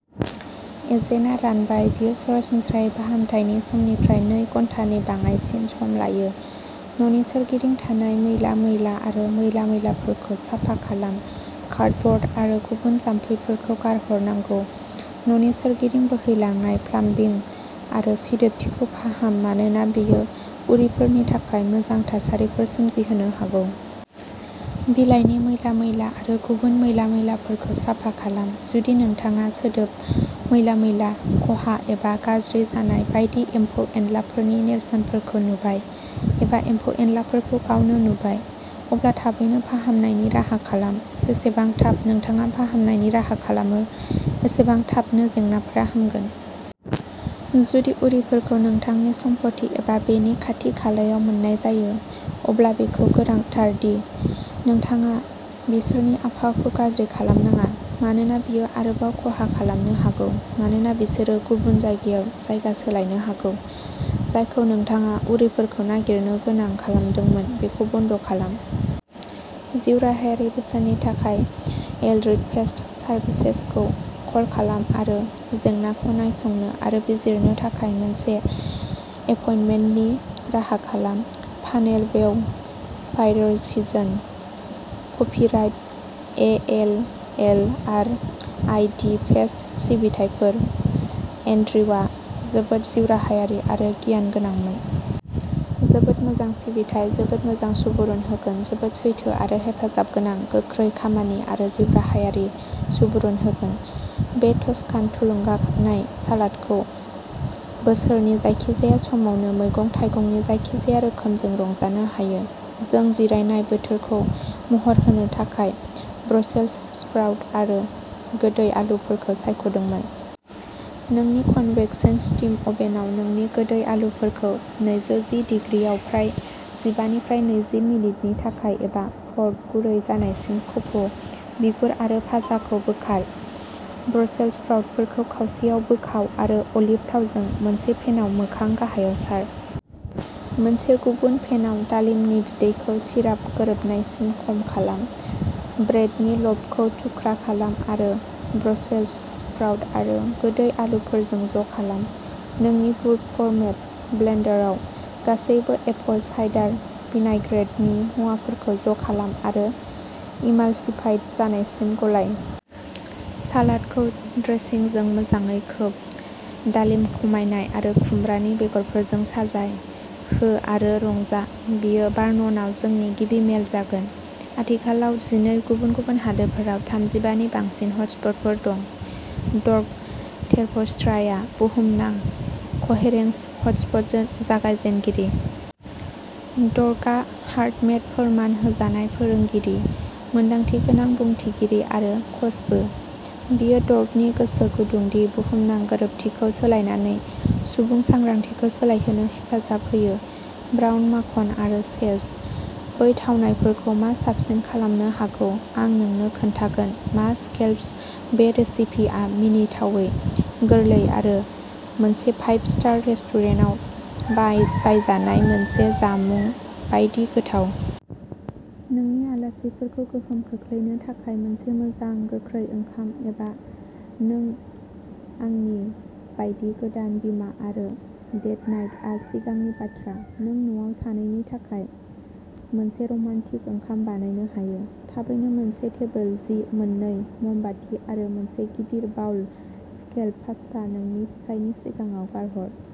एजेन्टआ रानबाय। बेयो सरासनस्रायै फाहामथायनि समनिफ्राय नै घन्टानि बाङाइसिन सम लायो। न'नि सोरगिदिं थानाय मैला-मैला आरो मैला-मैलाफोरखौ साफा खालाम। कार्ब'ड आरो गुबुन जामफैफोरखौ गारहरनांगौ। न'नि सोरगिदिं बोहैलांनाय प्लाम्बिं आरो सिदोबथिखौ फाहाम मानोना बेयो उरिफोरनि थाखाय मोजां थासारिफोर सोमजिहोनो हागौ। बिलाइनि मैला-मैला आरो गुबुन मैला-मैलाफोरखौ साफा खालाम। जुदि नोंथाङा सोदोब, मैला-मैला, खहा एबा गाज्रि जानाय बायदि एम्फौ-एनलाफोरनि नेरसोनफोरखौ नुबाय, एबा एम्फौ-एनलाफोरखौ गावनो नुबाय, अब्ला थाबैनो फाहामनायनि राहा खालाम, जेसेबां थाब नोंथाङा फाहामनायनि राहा खालामो, एसेबां थाबनो जेंनाफोरा हामगोन। जुदि उरिफोरखौ नोंथांनि सम्पथि एबा बेनि खाथि-खालायाव मोन्नाय जायो, अब्ला बेखौ गोनांथार दि नोंथाङा बिसोरनि आबहावाखौ गाज्रि खालाम नाङा, मानोना बेयो आरोबाव खहा खालामनो हागौ मानोना बिसोरो गुबुन जायगायाव जायगा सोलायनो हागौ। जायखौ नोंथाङा उरिफोरखौ नागिरनो गोनां खालामदोंमोन बेखौ बन्द खालाम। जिउराहायारि बोसोननि थाखाय एल्रिड पेस्ट सार्भिसेसखौ कल खालाम आरो जेंनाखौ नायसंनो आरो बिजिरनो थाखाय मोनसे एपइन्टमेन्टनि राहा खालाम। Funnel web spider season. Copyright A L L R I the paste सिबिथायफोर। एन्ड्रुआ जोबोद जिउराहायारि आरो गियान गोनांमोन। जोबोद मोजां सिबिथाइ। जोबोद मोजां सुबुरुन होगोन जोबोद सैथो आरो हेफाजाबगोनां गोख्रै खामानि आरो जिउराहायारि। सुबुरुन होगोन बे टस्कान थुलुंगानाय सालादखौ बोसोरनि जायखिजाया समावनो, मैगं-थाइगंनि जायखिजाया रोखोमजों रंजानो हायो। जों जिरायनाय बोथोरखौ महर होनो थाखाय ब्रसेस स्प्राउट आरो गोदै आलुफोरखौ सायख'दोंमोन। नोंनि कन्वेक्सन स्टीम अभेनआव, नोंनि गोदै आलुफोरखौ नैजौ जि डिग्रि आव फ्राय जिबानिफ्राय नैजि मिनिटनि थाखाय एबा फ'र्क गुरै जानायसिम खफ'। बिगुर आरो पासाखौ बोखार। ब्रसेल्स स्प्राउटफोरखौ खावसेयाव बोखाव आरो अलिभ थावजों मोनसे पेनआव मोखां गाहायाव सार। मोनसे गुबुन पेनआव, दालिमनि बिदैखौ सिराप गोरोबनायसिम खम खालाम। ब्रेडनि ल'फखौ थुख्रा खालाम आरो ब्रसेल्स स्प्राउट आरो गोदै आलुफोरजों ज'खालाम। नोंनि बुल्फ गोरमेट ब्लेन्डाराव, गासैबो एपल साइडार भिनाइग्रेटनि मुवाफोरखौ ज'खालाम आरो इमालसिफाइड जानायसिम गलाय। सालादखौ ड्रेसिंजों मोजाङै खोब। दालिम खमायनाय आरो खुमब्रानि बेगरफोरजों साजाय। हो आरो रंजा बेयो भार्ननआव जोंनि गिबि मेल जागोन, आथिखालाव जिनै गुबुन-गुबुन हादोरफोराव थामजिबानि बांसिन हटस्पटफोर दं। डर्क टेरपस्ट्राआ बुहुमनां क'हेरेंस हटस्पट जागायजेनगिरि। डर्कआ हार्टमेथ फोरमान होजानाय फोरोंगिरि, मोनदांथिगोनां बुंथिगिरि आरो कचबो। बेयो डर्कनि गोसो गुदुं दि बुहुमनां गोरोबथिखौ सोलायनानै सुबुं सांग्रांथिखौ सोलायहोनो हेफाजाब होयो। ब्राउन माखन आरो सेज। बै थावनायफोरखौ मा साबसिन खालामनो हागौ? आं नोंनो खोन्थागोन मा स्कैलप्स बे रेसिपिया मिनिथावै गोरलै आरो मोनसे फाइभ स्टार रेस्टुरेन्टाव बाय बायजानाय मोनसे जामुं बायदि गोथाव। नोंनि आलासिफोरखौ गोहोम खोख्लैनो थाखाय मोनसे मोजां गोख्रै ओंखाम एबा नों आंनि बायदि गोदान बिमा आरो डेट नाइट आ सिगांनि बाथ्रा, नों न'आव सानैनि थाखाय मोनसे रमान्टिक ओंखाम बानायनो हायो। थाबैनो मोनसे टेबोल जि, मोननै मोमबाति आरो मोनसे गिदिर बाउल स्कैलप पास्ता नोंनि फिसायनि सिगाङाव गारहर।